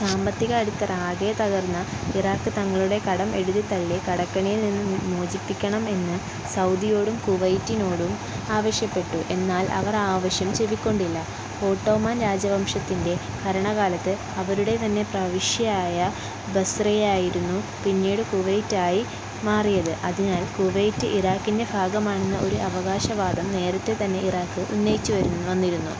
സാമ്പത്തിക അടിത്തറ ആകെ തകർന്ന ഇറാഖ് തങ്ങളുടെ കടം എഴുതിത്തള്ളി കടക്കെണിയിൽ നിന്നും മോചിപ്പിക്കണം എന്ന് സൗദിയോടും കുവൈറ്റിനോടും ആവശ്യപ്പെട്ടു. എന്നാൽ അവർ ആ ആവശ്യം ചെവിക്കൊണ്ടില്ല. ഒട്ടോമാൻ രാജവംശത്തിന്റെ ഭരണകാലത്ത് അവരുടെതന്നെ പ്രവിശ്യയായ ബസ്രയായിരുന്നു പിന്നീട് കുവൈറ്റ് ആയി മാറിയത്. അതിനാൽ കുവൈറ്റ് ഇറാഖിന്റെ ഭാഗമാണെന്ന ഒരു അവകാശംവാദം നേരതെതന്നെ ഇറാഖ് ഉന്നയിച്ചുവന്നിരുന്നു.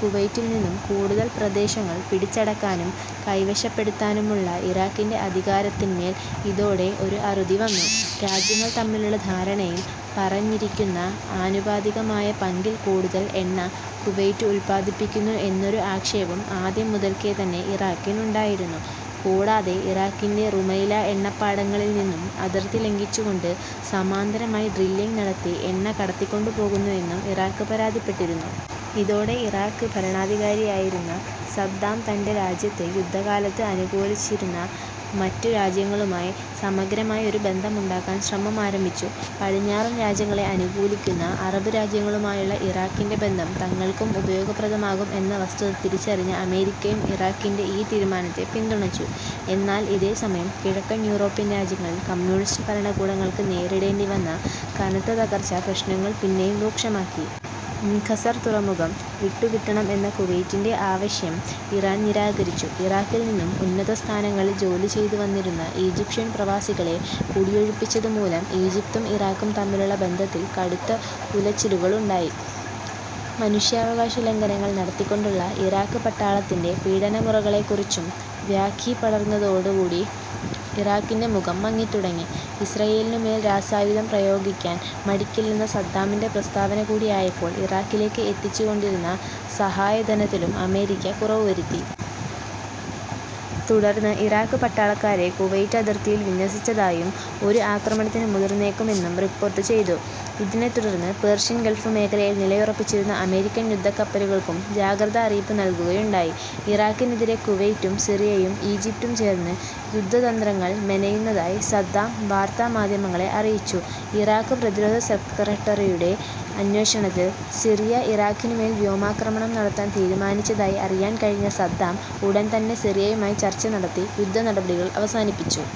കുവൈറ്റിൽനിന്നും കൂടുതൽ പ്രദേശങ്ങൾ പിടിച്ചടക്കാനും കൈവശപ്പെടുത്താനുമുള്ള ഇറാഖിന്റെ അധികാരത്തിന്മേൽ ഇതോടെ ഒരു അറുതിവന്നു. രാജ്യങ്ങൾ തമ്മിലുള്ള ധാരണയിൽ പറഞ്ഞിരിക്കുന്ന ആനുപാതികമായ പങ്കിൽ കൂടുതൽ എണ്ണ കുവൈറ്റ് ഉൽപ്പാദിപ്പിക്കുന്നു എന്നൊരു ആക്ഷേപം ആദ്യം മുതൽക്കേതന്നെ ഇറാഖിനുണ്ടായിരുന്നു. കൂടാതെ, ഇറാഖിന്റെ റുമൈല എണ്ണപ്പാടങ്ങളിൽനിന്നും അതിർത്തി ലംഘിച്ചുകൊണ്ട് സമാന്തരമായി ഡ്രില്ലിംഗ് നടത്തി എണ്ണ കടത്തിക്കൊണ്ടുപോകുന്നു എന്നും ഇറാഖ് പരാതിപ്പെട്ടിരുന്നു. ഇതോടെ ഇറാഖ് ഭരണാധികാരിയായിരുന്ന സദ്ദാം തൻറെ രാജ്യത്തെ യുദ്ധകാലത്ത് അനുകൂലിച്ചിരുന്ന മറ്റു രാജ്യങ്ങളുമായി സമഗ്രമായി ഒരു ബന്ധമുണ്ടാക്കാൻ ശ്രമം ആരംഭിച്ചു. പടിഞ്ഞാറൻ രാജ്യങ്ങളെ അനുകൂലിക്കുന്ന അറബ് രാജ്യങ്ങളുമായുള്ള ഇറാഖിന്റെ ബന്ധം തങ്ങൾക്കും ഉപയോഗപ്രദമാകും എന്ന വസ്തുത തിരിച്ചറിഞ്ഞ അമേരിക്കയും ഇറാഖിന്റെ ഈ തീരുമാനത്തെ പിന്തുണച്ചു. എന്നാൽ ഇതേ സമയം കിഴക്കൻ യൂറോപ്യൻ രാജ്യങ്ങളിൽ കമ്മ്യൂണിസ്റ്റ് ഭരണകൂടങ്ങൾക്ക് നേരിടേണ്ടിവന്ന കനത്ത തകർച്ച പ്രശ്നങ്ങൾ പിന്നെയും രൂക്ഷമാക്കി. ഉം-ഖസർ തുറമുഖം വിട്ടുകിട്ടണം എന്ന കുവൈറ്റിന്റെ ആവശ്യം ഇറാൻ നിരാകരിച്ചു. ഇറാഖിൽ നിന്നും ഉന്നതസ്ഥാനങ്ങളിൽ ജോലിചെയ്തുവന്നിരുന്ന ഈജിപ്ഷ്യൻ പ്രവാസികളെ കുടിയൊഴിപ്പിച്ചതുമൂലം ഈജിപ്തും ഇറാഖും തമ്മിലുള്ള ബന്ധത്തിൽ കടുത്ത ഉലച്ചിലുകലുണ്ടായി. മനുഷ്യാവകാശലംഘനങ്ങൾ നടത്തിക്കൊണ്ടുള്ള ഇറാഖ് പട്ടാളത്തിന്റെ പീഡനമുറകളെക്കുറിച്ചും ഖ്യാതി പടർന്നതോടുകൂടി ഇറാഖിന്റെ മുഖം മങ്ങിത്തുടങ്ങി. ഇസ്രയേലിനുമേൽ രാസായുധം പ്രയോഗിക്കാൻ മടിക്കില്ലെന്ന സദ്ദാമിന്റെ പ്രസ്താവനകൂടിയായപ്പോൾ ഇറാഖിലേക്ക് എത്തിച്ചുകൊണ്ടിരുന്ന സഹായധനത്തിലും അമേരിക്ക കുറവുവരുത്തി. തുടർന്ന് ഇറാഖ് പട്ടാളക്കാരെ കുവൈറ്റ് അതിർത്തിയിൽ വിന്യസിച്ചതായും, ഒരു ആക്രമണത്തിന് മുതിർന്നേക്കുമെന്നും റിപ്പോർട്ട് ചെയ്തു. ഇതിനെത്തുടർന്ന് പേർഷ്യൻ ഗൾഫ് മേഖലയിൽ നിലയുറപ്പിച്ചിരുന്ന അമേരിക്കൻ യുധക്കപ്പലുകൾക്കും ജാഗ്രത അറിയിപ്പ് നൽകുകയുണ്ടായി. ഇറാഖിനെതിരെ കുവൈറ്റും സിറിയയും ഈജിപ്തും ചേർന്ന് യുദ്ധതന്ത്രങ്ങൾ മെനയുന്നതായി സദ്ദാം വാർത്താമാധ്യമങ്ങളെ അറിയിച്ചു. ഇറാഖ് പ്രധിരോധ സെക്രട്ടറിയുടെ അന്വേഷണത്തിൽ സിറിയ ഇറാഖിനുമേൽ വ്യോമാക്രമണം നടത്താൻ തീരുമാനിച്ചതായി അറിയാൻകഴിഞ്ഞ സദ്ദാം ഉടൻതന്നെ സിറിയയുമായി ചർച്ചനടത്തി യുദ്ധനടപടികൾ അവസാനിപ്പിച്ചു.